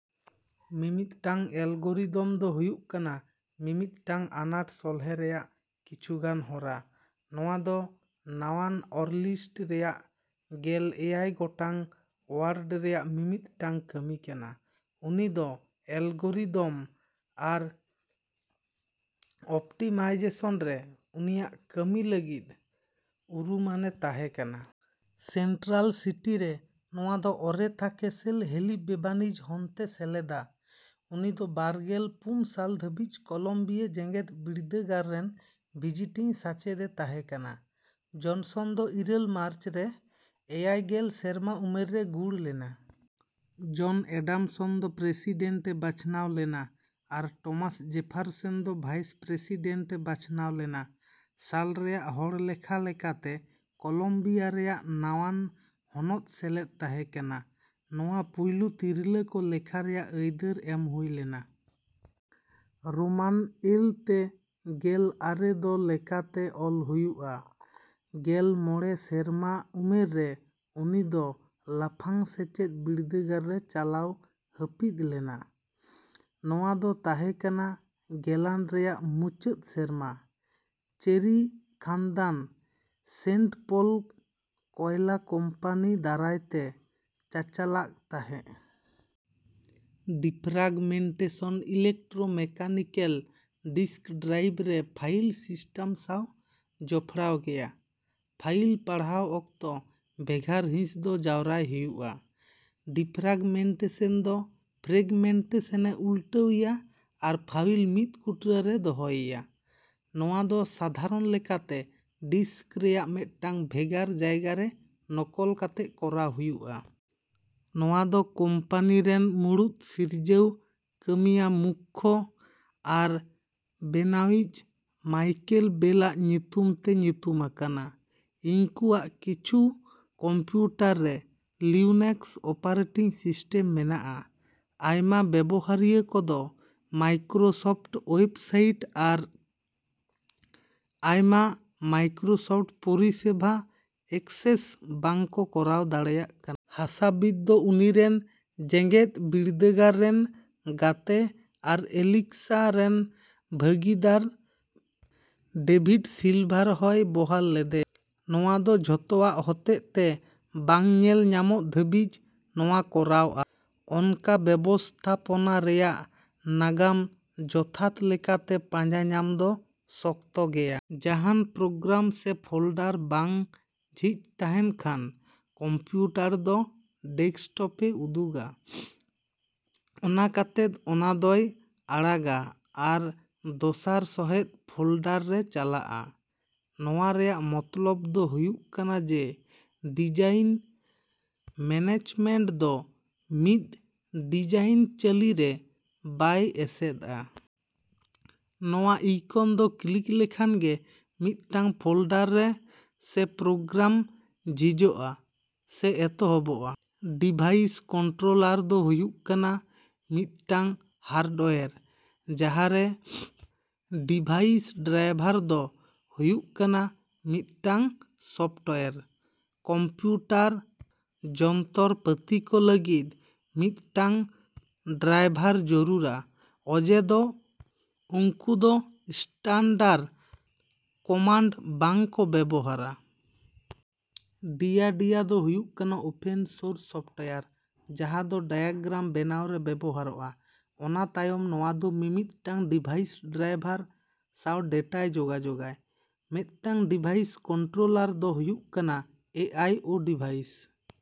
ᱢᱤᱫᱴᱟᱝ ᱮᱞᱜᱚᱨᱤᱫᱚᱢ ᱫᱚ ᱦᱩᱭᱩᱜ ᱠᱟᱱᱟ ᱢᱤᱫᱴᱟᱝ ᱟᱱᱟᱴ ᱥᱚᱞᱦᱮ ᱨᱮᱭᱟᱜ ᱠᱤᱪᱷᱩ ᱜᱟᱱ ᱦᱚᱨᱟ᱾ ᱱᱚᱶᱟ ᱫᱚ ᱱᱟᱣᱟᱱ ᱚᱨᱞᱤᱱᱥ ᱨᱮᱭᱟᱜ ᱜᱮᱞ ᱮᱭᱟᱭ ᱜᱚᱴᱟᱝ ᱳᱣᱟᱨᱰ ᱨᱮᱭᱟᱜ ᱢᱤᱫᱴᱟᱝ ᱠᱟᱹᱢᱤ ᱠᱟᱱᱟ᱾ ᱩᱱᱤ ᱫᱚ ᱮᱞᱜᱚᱨᱤᱫᱚᱢ ᱟᱨ ᱚᱯᱴᱤᱢᱟᱭᱡᱮᱥᱚᱱ ᱨᱮ ᱩᱱᱤᱭᱟᱜ ᱠᱟᱹᱢᱤ ᱞᱟᱹᱜᱤᱫ ᱩᱨᱩᱢᱟᱱᱼᱮ ᱛᱟᱦᱮᱠᱟᱱᱟ᱾ ᱥᱮᱱᱴᱨᱟᱞ ᱥᱤᱴᱤᱨᱮ ᱱᱚᱶᱟ ᱫᱚ ᱳᱨᱮᱛᱷᱟ ᱠᱮᱹᱥᱮᱞ ᱦᱮᱹᱞᱤ ᱵᱮᱵᱟᱹᱱᱤᱡ ᱦᱚᱱᱚᱛᱮ ᱥᱮᱞᱮᱫᱟ᱾ ᱩᱱᱤ ᱫᱚ ᱵᱟᱨᱜᱮᱞ ᱯᱩᱱ ᱥᱟᱞ ᱫᱷᱟᱹᱵᱤᱡ ᱠᱚᱞᱚᱢᱵᱤᱭᱟ ᱡᱮᱜᱮᱫ ᱵᱤᱨᱫᱟᱹᱜᱟᱲ ᱨᱮᱱ ᱵᱷᱤᱡᱤᱴᱤᱝ ᱥᱟᱪᱮᱫᱼᱮ ᱛᱟᱦᱮᱠᱟᱱᱟ᱾ ᱡᱚᱱᱥᱚᱱ ᱫᱚ ᱤᱨᱟᱹᱞ ᱢᱟᱨᱪ, ᱨᱮ ᱮᱭᱟᱭ ᱜᱮᱞ ᱥᱮᱨᱢᱟ ᱩᱢᱮᱨ ᱨᱮᱭ ᱜᱩᱨ ᱞᱮᱱᱟ᱾ ᱡᱚᱱ ᱮᱹᱰᱟᱢᱥᱚᱱ ᱫᱚ ᱯᱨᱮᱥᱤᱰᱮᱱᱴ ᱮ ᱵᱟᱪᱷᱱᱟᱣ ᱞᱮᱱᱟ, ᱟᱨ ᱴᱚᱢᱟᱥ ᱡᱮᱯᱷᱟᱨᱥᱚᱱ ᱫᱚ ᱵᱷᱟᱭᱤᱥ ᱯᱨᱮᱥᱤᱰᱮᱱᱴ ᱮ ᱵᱟᱪᱷᱱᱟᱣ ᱞᱮᱱᱟ᱾ ᱥᱟᱞ ᱨᱮᱭᱟᱜ ᱦᱚᱲᱞᱮᱠᱷᱟ ᱞᱮᱠᱟᱛᱮ ᱠᱚᱞᱚᱢᱵᱤᱭᱟ ᱨᱮᱭᱟᱜ ᱱᱟᱣᱟᱱ ᱦᱚᱱᱚᱛ ᱥᱮᱞᱮᱫ ᱛᱟᱦᱮᱸ ᱠᱟᱱᱟ᱾ ᱱᱚᱶᱟ ᱯᱳᱭᱞᱳ ᱛᱤᱨᱞᱟᱹ ᱠᱚ ᱞᱮᱠᱷᱟ ᱨᱮᱭᱟᱜ ᱟᱹᱭᱫᱟᱹᱨ ᱮᱢ ᱦᱩᱭ ᱞᱮᱱᱟ᱾ ᱨᱳᱢᱟᱱ ᱮᱞ ᱛᱮ ᱜᱮᱞ ᱟᱨᱮ ᱫᱚ ᱞᱮᱠᱟᱛᱮ ᱚᱞ ᱦᱩᱭᱩᱜᱼᱟ᱾ ᱜᱮᱞ ᱢᱚᱬᱮ ᱥᱮᱨᱢᱟ ᱩᱢᱮᱨ ᱨᱮ ᱩᱱᱤ ᱫᱚ ᱞᱟᱯᱷᱟᱝ ᱥᱮᱪᱮᱫ ᱵᱤᱨᱫᱟᱹᱜᱟᱲ ᱨᱮ ᱪᱟᱞᱟᱣᱼᱮ ᱦᱟᱹᱯᱤᱫ ᱞᱮᱫᱟ᱾ ᱱᱚᱶᱟ ᱫᱚ ᱛᱟᱦᱮᱸ ᱠᱟᱱᱟ ᱜᱮᱞᱟᱱ ᱨᱮᱭᱟᱜ ᱢᱩᱪᱟᱹᱫ ᱥᱮᱨᱢᱟ᱾ ᱪᱮᱨᱤ ᱠᱷᱟᱹᱫᱟᱹᱱ ᱥᱮᱱᱴ ᱯᱚᱞ ᱠᱚᱭᱞᱟ ᱠᱳᱢᱯᱟᱱᱤ ᱫᱟᱨᱟᱭᱛᱮ ᱪᱟᱪᱟᱞᱟᱜ ᱛᱟᱦᱮᱸ᱾ ᱰᱤᱯᱷᱨᱟᱜᱢᱮᱱᱴᱮᱥᱚᱱ ᱤᱞᱮᱠᱴᱨᱳᱢᱮᱠᱟᱱᱤᱠᱮᱞ ᱰᱤᱥᱠ ᱰᱨᱟᱭᱤᱵᱷ ᱨᱮ ᱯᱷᱟᱭᱤᱞ ᱥᱤᱥᱴᱟᱢ ᱥᱟᱶ ᱡᱚᱯᱚᱲᱟᱣ ᱜᱮᱭᱟ᱾ ᱯᱷᱟᱭᱤᱞ ᱯᱟᱲᱦᱟᱣ ᱚᱠᱛᱚ, ᱵᱷᱮᱜᱟᱨ ᱦᱤᱸᱥ ᱫᱚ ᱡᱟᱣᱨᱟᱭ ᱦᱩᱭᱩᱜᱼᱟ᱾ ᱰᱤᱯᱷᱨᱮᱜᱢᱮᱱᱴᱮᱥᱚᱱ ᱫᱚ ᱯᱷᱨᱮᱜᱢᱮᱱᱴᱮᱥᱚᱱᱼᱮ ᱩᱞᱴᱟᱹᱣᱤᱭᱟ ᱟᱨ ᱯᱷᱟᱭᱤᱞ ᱢᱤᱫ ᱠᱩᱴᱨᱟᱹ ᱨᱮᱭ ᱫᱚᱦᱚᱭᱤᱭᱟ᱾ ᱱᱚᱣᱟ ᱫᱚ ᱥᱟᱫᱷᱟᱨᱚᱱ ᱞᱮᱠᱟᱛᱮ ᱰᱤᱥᱠ ᱨᱮᱭᱟᱜ ᱢᱤᱫᱴᱟᱝ ᱵᱷᱮᱜᱟᱨ ᱡᱟᱭᱜᱟᱨᱮ ᱱᱚᱠᱚᱞ ᱠᱟᱛᱮᱫ ᱠᱚᱨᱟᱣ ᱦᱩᱭᱩᱜᱼᱟ᱾ ᱱᱚᱣᱟ ᱫᱚ ᱠᱳᱢᱯᱟᱹᱱᱤ ᱨᱮᱱ ᱢᱩᱲᱩᱫ ᱥᱤᱨᱡᱟᱹᱣ ᱠᱟᱹᱢᱤᱭᱟᱹ ᱢᱩᱠᱷᱭᱟᱹ ᱟᱨ ᱵᱮᱱᱟᱣᱤᱡ ᱢᱟᱭᱠᱮᱞ ᱰᱮᱞᱼᱟᱜ ᱧᱩᱛᱩᱢ ᱛᱮ ᱧᱩᱛᱩᱢᱟ ᱟᱠᱟᱱᱟ᱾ ᱩᱝᱠᱩᱣᱟᱜ ᱠᱤᱪᱷᱩ ᱠᱚᱢᱯᱤᱭᱩᱴᱟᱨ ᱨᱮ ᱞᱤᱱᱟᱠᱥ ᱚᱯᱟᱨᱮᱴᱤᱝ ᱥᱤᱥᱴᱟᱢ ᱢᱮᱱᱟᱜᱼᱟ᱾ ᱟᱭᱢᱟ ᱵᱮᱵᱚᱦᱟᱨᱤᱭᱟᱹ ᱠᱚᱫᱚ ᱢᱟᱭᱠᱨᱳᱥᱚᱯᱷᱴ ᱳᱣᱮᱵᱥᱟᱭᱤᱴ ᱟᱨ ᱟᱭᱢᱟ ᱢᱟᱭᱠᱨᱳᱥᱚᱯᱷᱴ ᱯᱚᱨᱤᱥᱮᱵᱟ ᱮᱠᱥᱮᱥ ᱵᱟᱝᱠᱚ ᱠᱚᱨᱟᱣ ᱫᱟᱲᱮᱭᱟᱜ ᱠᱟᱱᱟ᱾ ᱦᱟᱥᱟᱵᱤᱛ ᱫᱚ ᱩᱱᱤᱨᱮᱱ ᱡᱮᱜᱮᱫ ᱵᱤᱨᱫᱟᱹᱜᱟᱲ ᱨᱮᱱ ᱜᱟᱛᱮ ᱟᱨ ᱮᱞᱤᱠᱥᱤ ᱨᱮᱱ ᱵᱷᱟᱹᱜᱤᱫᱟᱨ ᱰᱮᱵᱷᱤᱰ ᱥᱤᱞᱵᱷᱟᱨ ᱦᱚᱸᱭ ᱵᱟᱦᱟᱞ ᱞᱮᱫᱮᱭᱟ᱾ ᱱᱚᱣᱟ ᱫᱚ ᱡᱚᱛᱚᱣᱟᱜ ᱦᱚᱛᱮᱛᱮ ᱵᱟᱝ ᱧᱮᱞ ᱧᱟᱢᱚᱜ ᱫᱷᱟᱹᱵᱤᱡ ᱱᱚᱣᱟᱭ ᱠᱚᱨᱟᱣᱼᱟ᱾ ᱱᱚᱠᱟ ᱵᱮᱵᱚᱥᱛᱷᱟᱯᱚᱱᱟ ᱨᱮᱭᱟᱜ ᱱᱟᱜᱟᱢ ᱡᱚᱛᱷᱟᱛ ᱞᱮᱠᱟᱛᱮ ᱯᱟᱸᱡᱟ ᱧᱟᱢ ᱫᱚ ᱥᱚᱠᱛᱚ ᱜᱮᱭᱟ᱾ ᱡᱟᱦᱟᱱ ᱯᱨᱳᱜᱨᱟᱢ ᱥᱮ ᱯᱷᱳᱞᱰᱟᱨ ᱵᱟᱝ ᱡᱷᱤᱡ ᱛᱟᱦᱮᱱ ᱠᱷᱟᱱ, ᱠᱚᱢᱯᱤᱭᱩᱴᱟᱨ ᱫᱚ ᱰᱮᱥᱠᱴᱚᱯᱼᱮ ᱩᱫᱩᱜᱼᱟ᱾ ᱚᱱᱟ ᱠᱟᱛᱮᱫ ᱚᱱᱟ ᱫᱚᱭ ᱟᱲᱟᱜᱟ ᱟᱨ ᱫᱚᱥᱟᱨ ᱥᱚᱦᱮᱫ ᱯᱷᱳᱞᱰᱟᱨ ᱨᱮ ᱪᱟᱞᱟᱜᱼᱟ᱾ ᱱᱚᱣᱟ ᱨᱮᱭᱟᱜ ᱢᱚᱛᱞᱚᱵ ᱫᱚ ᱦᱩᱭᱩᱜ ᱠᱟᱱᱟ ᱡᱮ ᱰᱤᱡᱟᱭᱤᱱ ᱢᱮᱱᱮᱡᱢᱮᱱᱴ ᱫᱚ ᱢᱤᱫ ᱰᱤᱡᱟᱭᱤᱱ ᱪᱟᱹᱞᱤ ᱨᱮ ᱵᱟᱭ ᱮᱥᱮᱫᱼᱟ᱾ ᱱᱚᱣᱟ ᱤᱭᱠᱚᱱ ᱠᱚ ᱠᱞᱤᱠ ᱞᱮᱠᱷᱟᱱ ᱜᱮ ᱢᱤᱫᱴᱟᱝ ᱯᱷᱳᱞᱰᱟᱨ ᱥᱮ ᱯᱨᱳᱜᱨᱟᱢ ᱡᱷᱤᱡᱩᱜᱼᱟ ᱥᱮ ᱮᱛᱚᱦᱚᱵᱚᱜᱼᱟ᱾ ᱰᱤᱵᱷᱟᱭᱤᱥ ᱠᱚᱱᱴᱨᱳᱞᱟᱨ ᱫᱚ ᱦᱩᱭᱩᱜ ᱠᱟᱱᱟ ᱢᱤᱫᱴᱟᱝ ᱦᱟᱨᱰᱳᱣᱮᱨ ᱡᱟᱦᱟᱨᱮ ᱰᱤᱵᱷᱟᱭᱤᱥ ᱰᱨᱟᱭᱵᱷᱟᱨ ᱫᱚ ᱦᱩᱭᱩᱜ ᱠᱟᱱᱟ ᱢᱤᱫᱴᱟᱝ ᱥᱚᱯᱷᱴᱳᱣᱮᱨ᱾ ᱠᱚᱢᱯᱤᱭᱩᱴᱟᱨ ᱡᱚᱱᱛᱚᱨ ᱯᱟᱹᱛᱤ ᱠᱚ ᱞᱟᱹᱜᱤᱫ ᱢᱤᱫᱴᱟᱝ ᱰᱨᱟᱭᱵᱷᱟᱨ ᱡᱟᱹᱨᱩᱲᱟ ᱚᱡᱮ ᱫᱚ ᱩᱝᱠᱩ ᱫᱚ ᱥᱴᱟᱱᱰᱟᱨᱰ ᱠᱚᱢᱟᱱᱰ ᱵᱟᱝ ᱠᱚ ᱵᱮᱵᱚᱦᱟᱨᱟ᱾ ᱰᱤᱭᱟ ᱰᱤᱭᱟ ᱫᱚ ᱦᱩᱭᱩᱜ ᱠᱟᱱᱟ ᱳᱯᱮᱱ ᱥᱳᱨᱥ ᱥᱚᱯᱷᱴᱳᱣᱮᱨ ᱡᱟᱦᱟ ᱫᱚ ᱰᱟᱭᱟᱜᱨᱟᱢ ᱵᱮᱱᱟᱣ ᱨᱮ ᱵᱮᱵᱚᱦᱟᱨᱚᱜᱼᱟ᱾ ᱚᱱᱟ ᱛᱟᱭᱚᱢ ᱱᱚᱣᱟ ᱫᱚ ᱢᱤᱫᱴᱟᱝ ᱰᱤᱵᱷᱟᱭᱤᱥ ᱰᱨᱟᱭᱵᱷᱟᱨ ᱥᱟᱣ ᱰᱮᱴᱟᱭ ᱡᱳᱜᱟᱡᱳᱜᱼᱟ᱾ ᱢᱤᱫᱴᱟᱝ ᱰᱤᱵᱷᱟᱭᱤᱥ ᱠᱚᱱᱴᱨᱳᱞᱟᱨ ᱫᱚ ᱦᱩᱭᱩᱜ ᱠᱟᱱᱟ ᱟᱭ ᱳ ᱰᱤᱵᱷᱟᱭᱤᱥ᱾